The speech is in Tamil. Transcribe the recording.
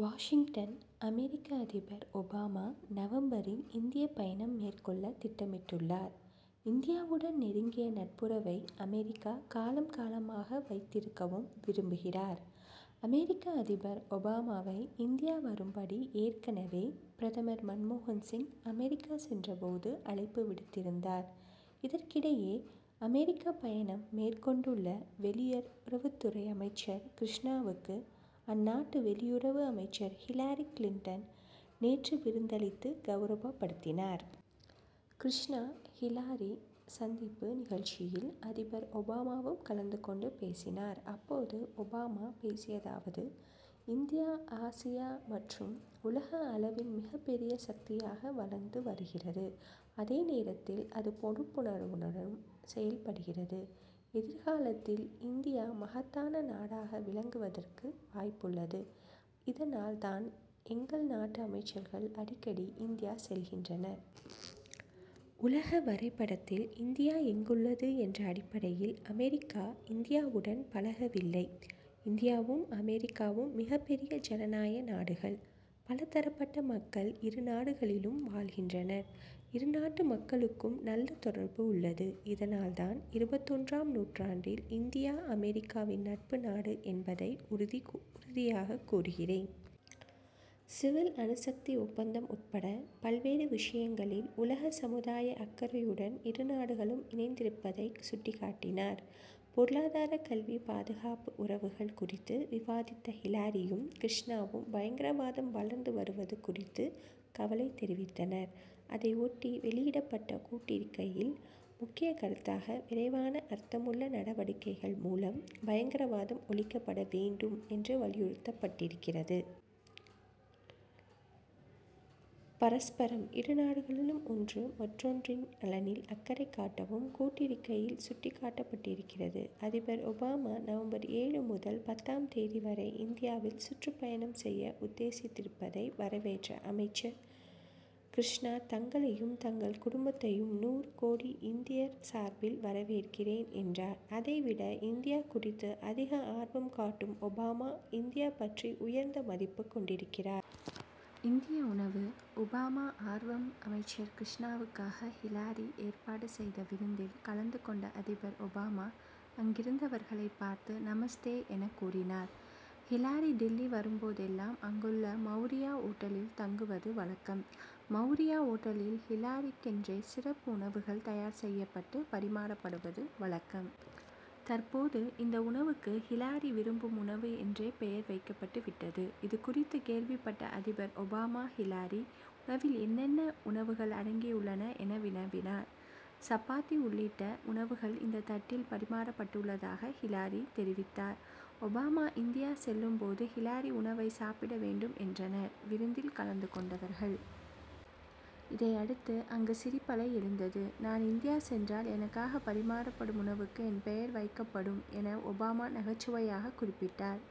வாஷிங்டன் அமெரிக்க அதிபர் ஒபாமா நவம்பரில் இந்திய பயணம் மேற்கொள்ள திட்டமிட்டுள்ளார். இந்தியாவுடன் நெருங்கிய நட்புறவை அமெரிக்கா காலம் காலமாக வைத்திருக்கவும் விரும்புகிறார். அமெரிக்க அதிபர் ஒபாமாவை இந்தியா வரும்படி ஏற்கனவே பிரதமர் மன்மோகன் சிங் அமெரிக்கா சென்ற போது அழைப்பு விடுத்திருந்தார். இதற்கிடையே அமெரிக்க பயணம் மேற்கொண்டுள்ள வெளியுறவுத்துறை அமைச்சர் கிருஷ்ணாவுக்கு அந்நாட்டு வெளியுறவு அமைச்சர் ஹிலாரி கிளின்டன் நேற்று விருந்தளித்து கவுரவப்படுத்தினார். கிருஷ்ணா ஹிலாரி சந்திப்பு நிகழ்ச்சியில் அதிபர் ஒபாமாவும் கலந்து கொண்டு பேசினார். அப்போது ஒபாமா பேசியதாவது இந்தியா ஆசியா மற்றும் உலக அளவில் மிகப்பெரிய சக்தியாக வளர்ந்து வருகிறது. அதே நேரத்தில் அது பொறுப்புணர்வுடன் செயல்படுகிறது. எதிர்காலத்தில் இந்தியா மகத்தான நாடாக விளங்குவதற்கு வாய்ப்புள்ளது. இதனால் தான் எங்கள் நாட்டு அமைச்சர்கள் அடிக்கடி இந்தியா செல்கின்றனர். உலக வரைபடத்தில் இந்தியா எங்குள்ளது என்ற அடிப்படையில் அமெரிக்கா இந்தியாவுடன் பழகவில்லை. இந்தியாவும் அமெரிக்காவும் மிகப்பெரிய ஜனநாயக நாடுகள். பலதரப்பட்ட மக்கள் இருநாடுகளிலும் வாழ்கின்றனர். இருநாட்டு மக்களுக்கும் நல்ல தொடர்பு உள்ளது. இதனால் தான் இருபத்தொன்றாம் நூற்றாண்டில் இந்தியா அமெரிக்காவின் நட்பு நாடு என்பதை உறுதிக் உறுதியாக கூறுகிறேன். சிவில் அணுசக்தி ஒப்பந்தம் உட்பட பல்வேறு விஷயங்களில் உலக சமுதாய அக்கறையுடன் இருநாடுகளும் இணைந்திருப்பதைச் சுட்டிக்காட்டினார். பொருளாதார கல்வி பாதுகாப்பு உறவுகள் குறித்து விவாதித்த ஹிலாரியும் கிருஷ்ணாவும் பயங்கரவாதம் வளர்ந்து வருவது குறித்து கவலைத் தெரிவித்தனர். அதை ஒட்டி வெளியிடப்பட்ட கூட்டறிக்கையில் முக்கிய கருத்தாக விரைவான அர்த்தமுள்ள நடவடிக்கைகள் மூலம் பயங்கரவாதம் ஒழிக்கப்பட வேண்டும் என்று வலியுறுத்தப்பட்டிருக்கிறது. பரஸ்பரம் இருநாடுகளும் ஒன்று மற்றொன்றின் நலனில் அக்கறை காட்டவும் கூட்டறிக்கையில் சுட்டிக்காட்டப்பட்டிருக்கிறது. அதிபர் ஒபாமா நவம்பர் ஏழு முதல் பத்தாம் தேதி வரை இந்தியாவில் சுற்றுப்பயணம் செய்ய உத்தேசித்திருப்பதை வரவேற்ற அமைச்சர் கிருஷ்ணா தங்களையும் தங்கள் குடும்பத்தையும் நூறுகோடி இந்தியர் சார்பில் வரவேற்கிறேன் என்றார். அதைவிட இந்தியா குறித்து அதிக ஆர்வம் காட்டும் ஒபாமா இந்தியா பற்றி உயர்ந்த மதிப்பு கொண்டிருக்கிறார். இந்திய உணவு ஒபாமா ஆர்வம் அமைச்சர் கிருஷ்ணாவுக்காக ஹிலாரி ஏற்பாடு செய்த விருந்தில் கலந்து கொண்ட அதிபர் ஒபாமா அங்கிருந்தவர்களை பார்த்து நமஸ்தே என கூறினார். ஹிலாரி டில்லி வரும்போதெல்லாம் அங்குள்ள மவுரியா ஓட்டலில் தங்குவது வழக்கம். மவுரியா ஓட்டலில் ஹிலாரிக்கென்றே சிறப்பு உணவுகள் தயார் செய்யப்பட்டு பரிமாறப்படுவது வழக்கம். தற்போது இந்த உணவுக்கு ஹிலாரி விரும்பும் உணவு என்று பெயரே வைக்கப்பட்டு விட்டது. இது குறித்து கேள்விப்பட்ட அதிபர் ஒபாமா ஹிலாரி உணவில் என்னென்ன உணவுகள் அடங்கியுள்ளன என வினவினார். சப்பாத்தி உள்ளிட்ட உணவுகள் இந்த தட்டில் பரிமாறப்பட்டுள்ளதாக ஹிலாரி தெரிவித்தார். ஒபாமா இந்தியா செல்லும் போது ஹிலாரி உணவை சாப்பிட வேண்டும் என்றனர் விருந்தில் கலந்து கொண்டவர்கள். இதையடுத்து அங்கு சிரிப்பலை எழுந்தது. நான் இந்தியா சென்றால் எனக்காக பரிமாறப்படும் உணவுக்கு என் பெயர் வைக்கப்படும் என ஒபாமா நகைச்சுவையாக குறிப்பிட்டார்.